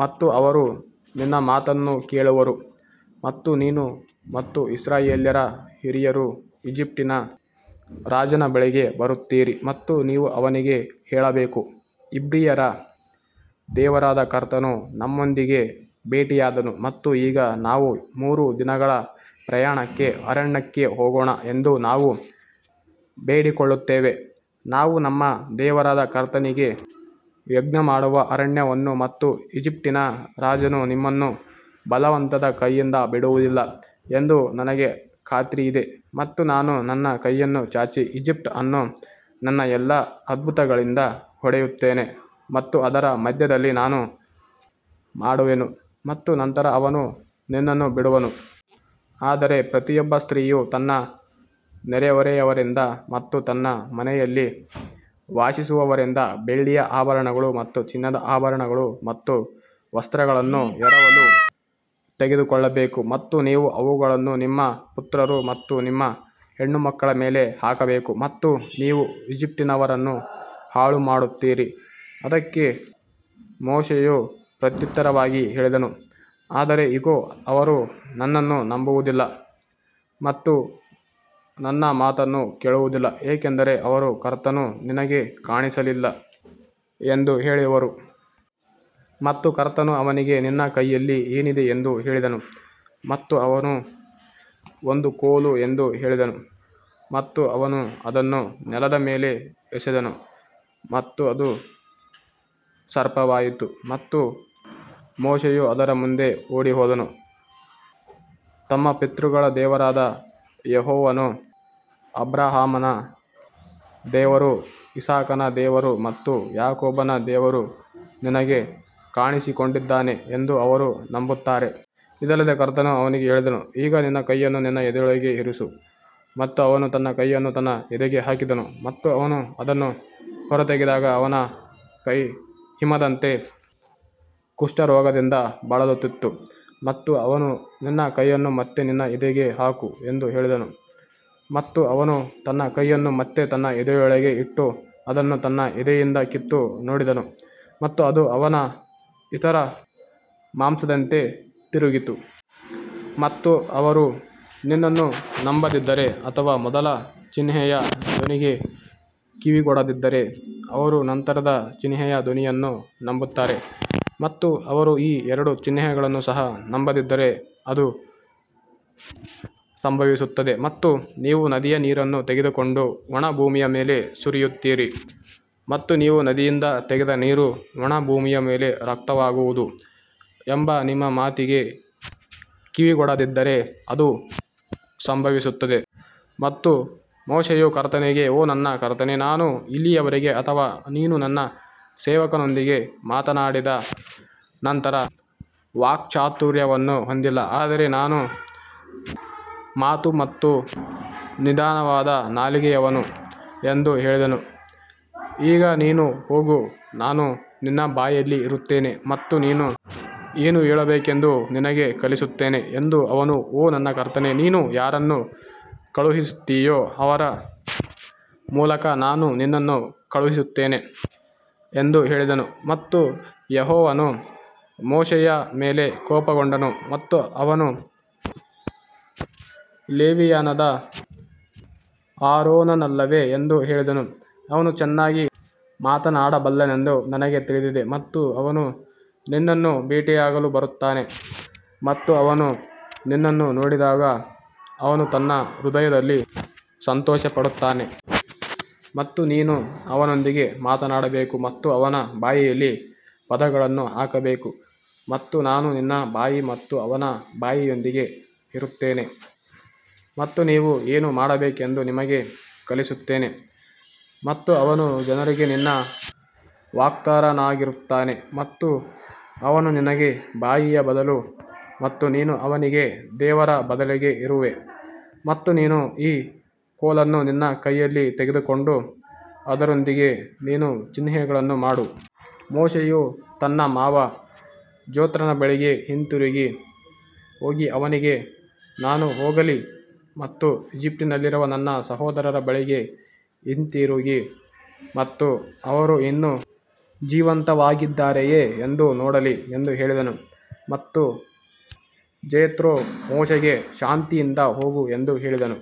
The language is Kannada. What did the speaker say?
ಮತ್ತು ಅವರು ನಿನ್ನ ಮಾತನ್ನು ಕೇಳುವರು ಮತ್ತು ನೀನು ಮತ್ತು ಇಸ್ರಾಯೇಲ್ಯರ ಹಿರಿಯರು ಈಜಿಪ್ಟಿನ ರಾಜನ ಬಳಿಗೆ ಬರುತ್ತೀರಿ ಮತ್ತು ನೀವು ಅವನಿಗೆ ಹೇಳಬೇಕು ಇಬ್ರಿಯರ ದೇವರಾದ ಕರ್ತನು ನಮ್ಮೊಂದಿಗೆ ಭೇಟಿಯಾದನು ಮತ್ತು ಈಗ ನಾವು ಮೂರು ದಿನಗಳ ಪ್ರಯಾಣಕ್ಕೆ ಅರಣ್ಯಕ್ಕೆ ಹೋಗೋಣ ಎಂದು ನಾವು ಬೇಡಿಕೊಳ್ಳುತ್ತೇವೆ ನಾವು ನಮ್ಮ ದೇವರಾದ ಕರ್ತನಿಗೆ ಯಜ್ಞಮಾಡುವ ಅರಣ್ಯವನ್ನು ಮತ್ತು ಈಜಿಪ್ಟಿನ ರಾಜನು ನಿಮ್ಮನ್ನು ಬಲವಂತದ ಕೈಯಿಂದ ಬಿಡುವುದಿಲ್ಲ ಎಂದು ನನಗೆ ಖಾತ್ರಿಯಿದೆ ಮತ್ತು ನಾನು ನನ್ನ ಕೈಯನ್ನು ಚಾಚಿ ಈಜಿಪ್ಟ್ ಅನ್ನು ನನ್ನ ಎಲ್ಲಾ ಅದ್ಭುತಗಳಿಂದ ಹೊಡೆಯುತ್ತೇನೆ ಮತ್ತು ಅದರ ಮಧ್ಯದಲ್ಲಿ ನಾನು ಮಾಡುವೆನು ಮತ್ತು ನಂತರ ಅವನು ನಿನ್ನನ್ನು ಬಿಡುವನು. ಆದರೆ ಪ್ರತಿಯೊಬ್ಬ ಸ್ತ್ರೀಯು ತನ್ನ ನೆರೆಹೊರೆಯವರಿಂದ ಮತ್ತು ತನ್ನ ಮನೆಯಲ್ಲಿ ವಾಸಿಸುವವರಿಂದ ಬೆಳ್ಳಿಯ ಆಭರಣಗಳು ಮತ್ತು ಚಿನ್ನದ ಆಭರಣಗಳು ಮತ್ತು ವಸ್ತ್ರಗಳನ್ನು ಎರವಲು ತೆಗೆದುಕೊಳ್ಳಬೇಕು ಮತ್ತು ನೀವು ಅವುಗಳನ್ನು ನಿಮ್ಮ ಪುತ್ರರು ಮತ್ತು ನಿಮ್ಮ ಹೆಣ್ಣುಮಕ್ಕಳ ಮೇಲೆ ಹಾಕಬೇಕು ಮತ್ತು ನೀವು ಈಜಿಪ್ಟಿನವರನ್ನು ಹಾಳುಮಾಡುತ್ತೀರಿ. ಅದಕ್ಕೆ ಮೋಶೆಯು ಪ್ರತ್ಯುತ್ತರವಾಗಿ ಹೇಳಿದನು ಆದರೆ ಇಗೋ ಅವರು ನನ್ನನ್ನು ನಂಬುವುದಿಲ್ಲ ಮತ್ತು ನನ್ನ ಮಾತನ್ನು ಕೇಳುವುದಿಲ್ಲ ಏಕೆಂದರೆ ಅವರು ಕರ್ತನು ನಿನಗೆ ಕಾಣಿಸಲಿಲ್ಲ ಎಂದು ಹೇಳುವರು. ಮತ್ತು ಕರ್ತನು ಅವನಿಗೆ ನಿನ್ನ ಕೈಯಲ್ಲಿ ಏನಿದೆ ಎಂದು ಹೇಳಿದನು ಮತ್ತು ಅವನು ಒಂದು ಕೋಲು ಎಂದು ಹೇಳಿದನು ಮತ್ತು ಅವನು ಅದನ್ನು ನೆಲದ ಮೇಲೆ ಎಸೆದನು ಮತ್ತು ಅದು ಸರ್ಪವಾಯಿತು ಮತ್ತು ಮೋಶೆಯು ಅದರ ಮುಂದೆ ಓಡಿಹೋದನು. ತಮ್ಮ ಪಿತೃಗಳ ದೇವರಾದ ಯೆಹೋವನು ಅಬ್ರಹಾಮನ ದೇವರು ಇಸಾಕನ ದೇವರು ಮತ್ತು ಯಾಕೋಬನ ದೇವರು ನಿನಗೆ ಕಾಣಿಸಿಕೊಂಡಿದ್ದಾನೆ ಎಂದು ಅವರು ನಂಬುತ್ತಾರೆ. ಇದಲ್ಲದೆ ಕರ್ತನು ಅವನಿಗೆ ಹೇಳಿದನು ಈಗ ನಿನ್ನ ಕೈಯನ್ನು ನಿನ್ನ ಎದೆಯೊಳಗೆ ಇರಿಸು ಮತ್ತು ಅವನು ತನ್ನ ಕೈಯನ್ನು ತನ್ನ ಎದೆಗೆ ಹಾಕಿದನು ಮತ್ತು ಅವನು ಅದನ್ನು ಹೊರತೆಗೆದಾಗ ಅವನ ಕೈ ಹಿಮದಂತೆ ಕುಷ್ಠರೋಗದಿಂದ ಬಳಲುತ್ತಿತ್ತು. ಮತ್ತು ಅವನು ನಿನ್ನ ಕೈಯನ್ನು ಮತ್ತೆ ನಿನ್ನ ಎದೆಗೆ ಹಾಕು ಎಂದು ಹೇಳಿದನು ಮತ್ತು ಅವನು ತನ್ನ ಕೈಯನ್ನು ಮತ್ತೆ ತನ್ನ ಎದೆಯೊಳಗೆ ಇಟ್ಟು ಅದನ್ನು ತನ್ನ ಎದೆಯಿಂದ ಕಿತ್ತು ನೋಡಿದನು ಮತ್ತು ಅದು ಅವನ ಇತರ ಮಾಂಸದಂತೆ ತಿರುಗಿತು. ಮತ್ತು ಅವರು ನಿನ್ನನ್ನು ನಂಬದಿದ್ದರೆ ಅಥವಾ ಮೊದಲ ಚಿಹ್ನೆಯ ಧ್ವನಿಗೆ ಕಿವಿಗೊಡದಿದ್ದರೆ ಅವರು ನಂತರದ ಚಿಹ್ನೆಯ ಧ್ವನಿಯನ್ನು ನಂಬುತ್ತಾರೆ. ಮತ್ತು ಅವರು ಈ ಎರಡು ಚಿಹ್ನೆಗಳನ್ನು ಸಹ ನಂಬದಿದ್ದರೆ ಅದು ಸಂಭವಿಸುತ್ತದೆ ಮತ್ತು ನೀವು ನದಿಯ ನೀರನ್ನು ತೆಗೆದುಕೊಂಡು ಒಣ ಭೂಮಿಯ ಮೇಲೆ ಸುರಿಯುತ್ತೀರಿ ಮತ್ತು ನೀವು ನದಿಯಿಂದ ತೆಗೆದ ನೀರು ಒಣ ಭೂಮಿಯ ಮೇಲೆ ರಕ್ತವಾಗುವುದು ಎಂಬ ನಿಮ್ಮ ಮಾತಿಗೆ ಕಿವಿಗೊಡದಿದ್ದರೆ ಅದು ಸಂಭವಿಸುತ್ತದೆ. ಮತ್ತು ಮೋಶೆಯು ಕರ್ತನಿಗೆ ಓ ನನ್ನ ಕರ್ತನೇ ನಾನು ಇಲ್ಲಿಯವರೆಗೆ ಅಥವಾ ನೀನು ನಿನ್ನ ಸೇವಕನೊಂದಿಗೆ ಮಾತನಾಡಿದ ನಂತರ ವಾಕ್ಚಾತುರ್ಯವನ್ನು ಹೊಂದಿಲ್ಲ ಆದರೆ ನಾನು ಮಾತು ಮತ್ತು ನಿಧಾನವಾದ ನಾಲಿಗೆಯವನು ಎಂದು ಹೇಳಿದನು. ಈಗ ನೀನು ಹೋಗು ನಾನು ನಿನ್ನ ಬಾಯಲ್ಲಿ ಇರುತ್ತೇನೆ ಮತ್ತು ನೀನು ಏನು ಹೇಳಬೇಕೆಂದು ನಿನಗೆ ಕಲಿಸುತ್ತೇನೆ ಮತ್ತು ಅವನು ಓ ನನ್ನ ಕರ್ತನೇ ನೀನು ಯಾರನ್ನು ಕಳುಹಿಸುತ್ತೀಯೋ ಅವರ ಮೂಲಕ ನಾನು ನಿನ್ನನ್ನು ಕಳುಹಿಸುತ್ತೇನೆ ಎಂದು ಹೇಳಿದನು ಮತ್ತು ಯೆಹೋವನು ಮೋಶೆಯ ಮೇಲೆ ಕೋಪಗೊಂಡನು ಮತ್ತು ಅವನು ಲೇವಿಯನಾದ ಆರೋನನಲ್ಲವೇ ಎಂದು ಹೇಳಿದನು ಅವನು ಚೆನ್ನಾಗಿ ಮಾತನಾಡಬಲ್ಲನೆಂದು ನನಗೆ ತಿಳಿದಿದೆ ಮತ್ತು ಅವನು ನಿನ್ನನ್ನು ಭೇಟಿಯಾಗಲು ಬರುತ್ತಾನೆ ಮತ್ತು ಅವನು ನಿನ್ನನ್ನು ನೋಡಿದಾಗ ಅವನು ತನ್ನ ಹೃದಯದಲ್ಲಿ ಸಂತೋಷಪಡುತ್ತಾನೆ. ಮತ್ತು ನೀನು ಅವನೊಂದಿಗೆ ಮಾತನಾಡಬೇಕು ಮತ್ತು ಅವನ ಬಾಯಿಯಲ್ಲಿ ಪದಗಳನ್ನು ಹಾಕಬೇಕು ಮತ್ತು ನಾನು ನಿನ್ನ ಬಾಯಿ ಮತ್ತು ಅವನ ಬಾಯಿಯೊಂದಿಗೆ ಇರುತ್ತೇನೆ ಮತ್ತು ನೀವು ಏನು ಮಾಡಬೇಕೆಂದು ನಿಮಗೆ ಕಲಿಸುತ್ತೇನೆ. ಮತ್ತು ಅವನು ಜನರಿಗೆ ನಿನ್ನ ವಕ್ತಾರನಾಗಿರುತ್ತಾನೆ ಮತ್ತು ಅವನು ನಿನಗೆ ಬಾಯಿಯ ಬದಲು ಮತ್ತು ನೀನು ಅವನಿಗೆ ದೇವರ ಬದಲಿಗೆ ಇರುವೆ ಮತ್ತು ನೀನು ಈ ಕೋಲನ್ನು ನಿನ್ನ ಕೈಯಲ್ಲಿ ತೆಗೆದುಕೊಂಡು ಅದರೊಂದಿಗೆ ನೀನು ಚಿಹ್ನೆಗಳನ್ನು ಮಾಡು. ಮೋಶೆಯು ತನ್ನ ಮಾವ ಜೆತ್ರೋನ ಬಳಿಗೆ ಹಿಂತಿರುಗಿ ಹೋಗಿ ಅವನಿಗೆ ನಾನು ಹೋಗಲಿ ಮತ್ತು ಈಜಿಪ್ಟಿನಲ್ಲಿರುವ ನನ್ನ ಸಹೋದರರ ಬಳಿಗೆ ಹಿಂತಿರುಗಿ ಮತ್ತು ಅವರು ಇನ್ನೂ ಜೀವಂತವಾಗಿದ್ದಾರೆಯೇ ಎಂದು ನೋಡಲಿ ಎಂದು ಹೇಳಿದನು ಮತ್ತು ಜೆತ್ರೋ ಮೋಶೆಗೆ ಶಾಂತಿಯಿಂದ ಹೋಗು ಎಂದು ಹೇಳಿದನು.